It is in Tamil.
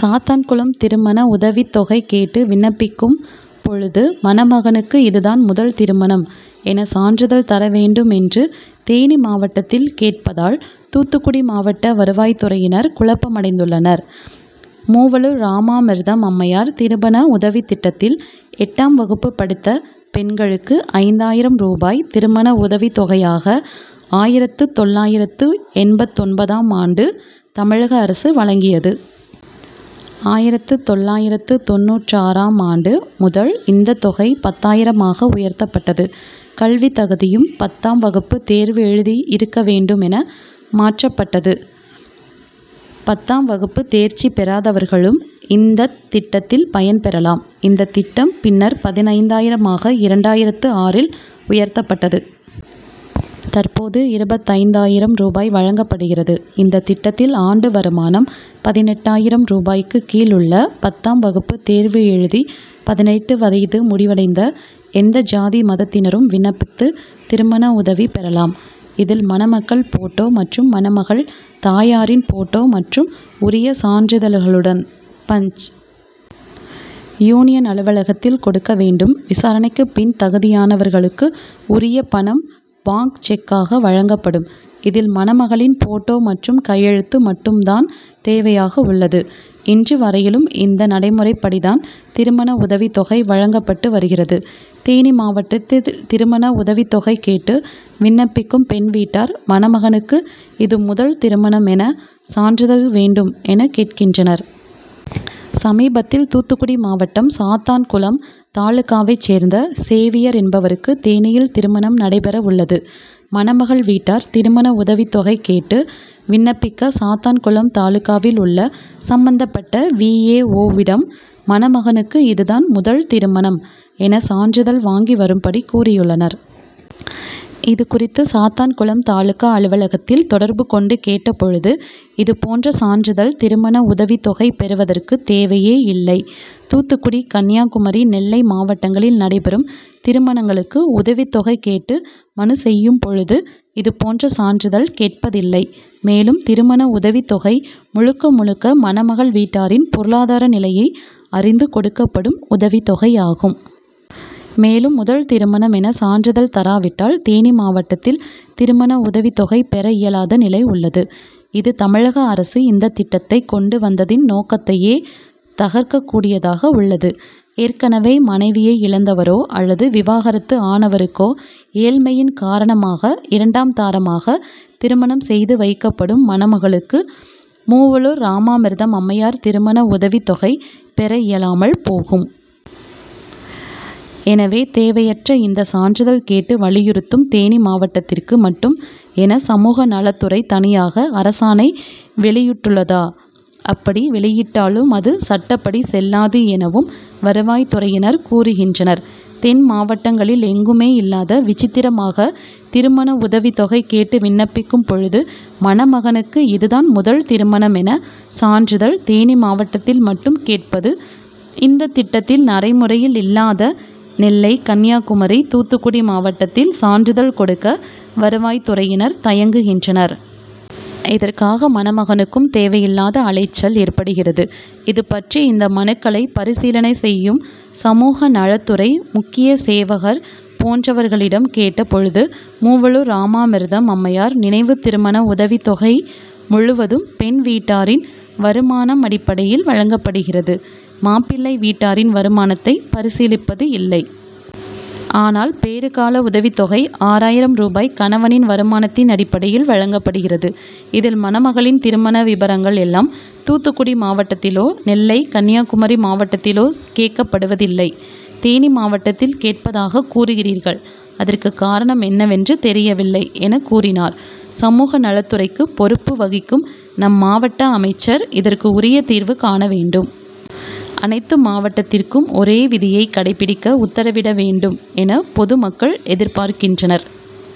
சாத்தான்குளம் திருமண உதவித்தொகை கேட்டு விண்ணப்பிக்கும் பொழுது மணமகனுக்கு இதுதான் முதல் திருமணம் என சான்றிதழ் தர வேண்டும் என்று தேனி மாவட்டத்தில் கேட்பதால் தூத்துக்குடி மாவட்ட வருவாய்த்துறையினர் குழப்பமடைந்துள்ளனர். மூவலூர் ராமாமிர்தம் அம்மையார் திருமண உதவித்திட்டத்தில் எட்டாம் வகுப்பு படித்த பெண்களுக்கு ஐந்தாயிரம் ரூபாய் திருமண உதவித்தொகையாக ஆயிரத்து தொள்ளாயிரத்து எண்பத்தொன்பதாம் ஆண்டு தமிழக அரசு வழங்கியது. ஆயிரத்து தொள்ளாயிரத்து தொண்ணூற்றாறாம் ஆண்டு முதல் இந்தத் தொகை பத்தாயிரமாக உயர்த்தப்பட்டது. கல்வித்தகுதியும் பத்தாம் வகுப்பு தேர்வு எழுதி இருக்க வேண்டும் என மாற்றப்பட்டது. பத்தாம் வகுப்பு தேர்ச்சி பெறாதவர்களும் இந்தத் திட்டத்தில் பயன் பெறலாம். இந்தத் திட்டம் பின்னர் பதினைந்தாயிரமாக இரண்டாயிரத்து ஆறில் உயர்த்தப்பட்டது. தற்போது இருபத்தைந்தாயிரம் ரூபாய் வழங்கப்படுகிறது. இந்தத் திட்டத்தில் ஆண்டு வருமானம் பதினெட்டாயிரம் ரூபாய்க்கு கீழ் உள்ள பத்தாம் வகுப்பு தேர்வு எழுதி பதினெட்டு வயது முடிவடைந்த எந்த ஜாதி மதத்தினரும் விண்ணப்பித்து திருமண உதவி பெறலாம். இதில் மணமக்கள் போட்டோ மற்றும் மணமகள் தாயாரின் போட்டோ மற்றும் உரிய சான்றிதழ்களுடன் பஞ். யூனியன் அலுவலகத்தில் கொடுக்க வேண்டும். விசாரணைக்குப் பின் தகுதியானவர்களுக்கு உரிய பணம் பாங்க் செக்காக வழங்கப்படும். இதில் மணமகளின் போட்டோ மற்றும் கையெழுத்து மட்டும் தான் தேவையாக உள்ளது. இன்று வரையிலும் இந்த நடைமுறைப்படித்தான் திருமண உதவித்தொகை வழங்கப்பட்டு வருகிறது. தேனி மாவட்டத்தில் திருமண உதவித்தொகை கேட்டு விண்ணப்பிக்கும் பெண் வீட்டார் மணமகனுக்கு இது முதல் திருமணம் என சான்றிதழ் வேண்டும் என கேட்கின்றனர். சமீபத்தில் தூத்துக்குடி மாவட்டம் சாத்தான்குளம் தாலுகாவைச் சேர்ந்த சேவியர் என்பவருக்கு தேனியில் திருமணம் நடைபெற உள்ளது. மணமகள் வீட்டார் திருமண உதவித்தொகை கேட்டு விண்ணப்பிக்க சாத்தான்குளம் தாலுகாவில் உள்ள சம்பந்தப்பட்ட வி. ஏ. ஓ.விடம் மணமகனுக்கு இதுதான் முதல் திருமணம் என சான்றிதழ் வாங்கி வரும்படி கூறியுள்ளனர். இது குறித்து சாத்தான்குளம் தாலுகா அலுவலகத்தில் தொடர்பு கொண்டு கேட்ட பொழுது இது போன்ற சான்றிதழ் திருமண உதவித்தொகை பெறுவதற்கு தேவையே இல்லை. தூத்துக்குடி கன்னியாகுமரி நெல்லை மாவட்டங்களில் நடைபெறும் திருமணங்களுக்கு உதவித்தொகை கேட்டு மனு செய்யும் பொழுது இது போன்ற சான்றிதழ் கேட்பதில்லை. மேலும் திருமண உதவித்தொகை முழுக்க முழுக்க மணமகள் வீட்டாரின் பொருளாதார நிலையை அறிந்து கொடுக்கப்படும் உதவித்தொகையாகும். மேலும் முதல் திருமணம் என சான்றிதழ் தராவிட்டால் தேனி மாவட்டத்தில் திருமண உதவித்தொகை பெற இயலாத நிலை உள்ளது. இது தமிழக அரசு இந்தத் திட்டத்தைக் கொண்டு வந்ததின் நோக்கத்தையே தகர்க்கக்கூடியதாக உள்ளது. ஏற்கனவே மனைவியை இழந்தவரோ அல்லது விவாகரத்து ஆனவருக்கோ ஏழ்மையின் காரணமாக இரண்டாம் தாரமாக திருமணம் செய்து வைக்கப்படும் மணமகளுக்கு மூவலூர் ராமாமிர்தம் அம்மையார் திருமண உதவித்தொகை பெற இயலாமல் போகும். எனவே தேவையற்ற இந்த சான்றிதழ் கேட்டு வலியுறுத்தும் தேனி மாவட்டத்திற்கு மட்டும் என சமூக நலத்துறை தனியாக அரசாணை வெளியிட்டுள்ளதா அப்படி வெளியிட்டாலும் அது சட்டப்படி செல்லாது எனவும் வருவாய்த்துறையினர் கூறுகின்றனர். தென்மாவட்டங்களில் எங்குமே இல்லாத விசித்திரமாக திருமண உதவித்தொகை கேட்டு விண்ணப்பிக்கும் பொழுது மணமகனுக்கு இதுதான் முதல் திருமணம் என சான்றிதழ் தேனி மாவட்டத்தில் மட்டும் கேட்பது இந்த திட்டம் நடைமுறையில் இல்லாத நெல்லை கன்னியாகுமரி தூத்துக்குடி மாவட்டத்தில் சான்றிதழ் கொடுக்க வருவாய்த்துறையினர் தயங்குகின்றனர். இதற்காக மணமகனுக்கும் தேவையில்லாத அலைச்சல் ஏற்படுகிறது. இது பற்றி இந்த மனுக்களை பரிசீலனை செய்யும் சமூக நலத்துறை முக்கிய சேவகர் போன்றவர்களிடம் கேட்ட பொழுது மூவலூர் ராமாமிர்தம் அம்மையார் நினைவு திருமண உதவித்தொகை முழுவதும் பெண் வீட்டாரின் வருமானம் அடிப்படையில் வழங்கப்படுகிறது. மாப்பிள்ளை வீட்டாரின் வருமானத்தை பரிசீலிப்பது இல்லை. ஆனால் பேறு கால உதவித்தொகை ஆறாயிரம் ரூபாய் கணவனின் வருமானத்தின் அடிப்படையில் வழங்கப்படுகிறது. இதில் மணமகளின் திருமண விபரங்கள் எல்லாம் தூத்துக்குடி மாவட்டத்திலோ நெல்லை கன்னியாகுமரி மாவட்டத்திலோ கேட்கப்படுவதில்லை. தேனி மாவட்டத்தில் கேட்பதாகக் கூறுகிறீர்கள். அதற்கு காரணம் என்னவென்று தெரியவில்லை என கூறினார். சமூக நலத்துறைக்கு பொறுப்பு வகிக்கும் நம் மாவட்ட அமைச்சர் இதற்கு உரிய தீர்வு காண வேண்டும். அனைத்து மாவட்டத்திற்கும் ஒரே விதியை கடைபிடிக்க உத்தரவிட வேண்டும் என பொது மக்கள் எதிர்பார்க்கின்றனர்.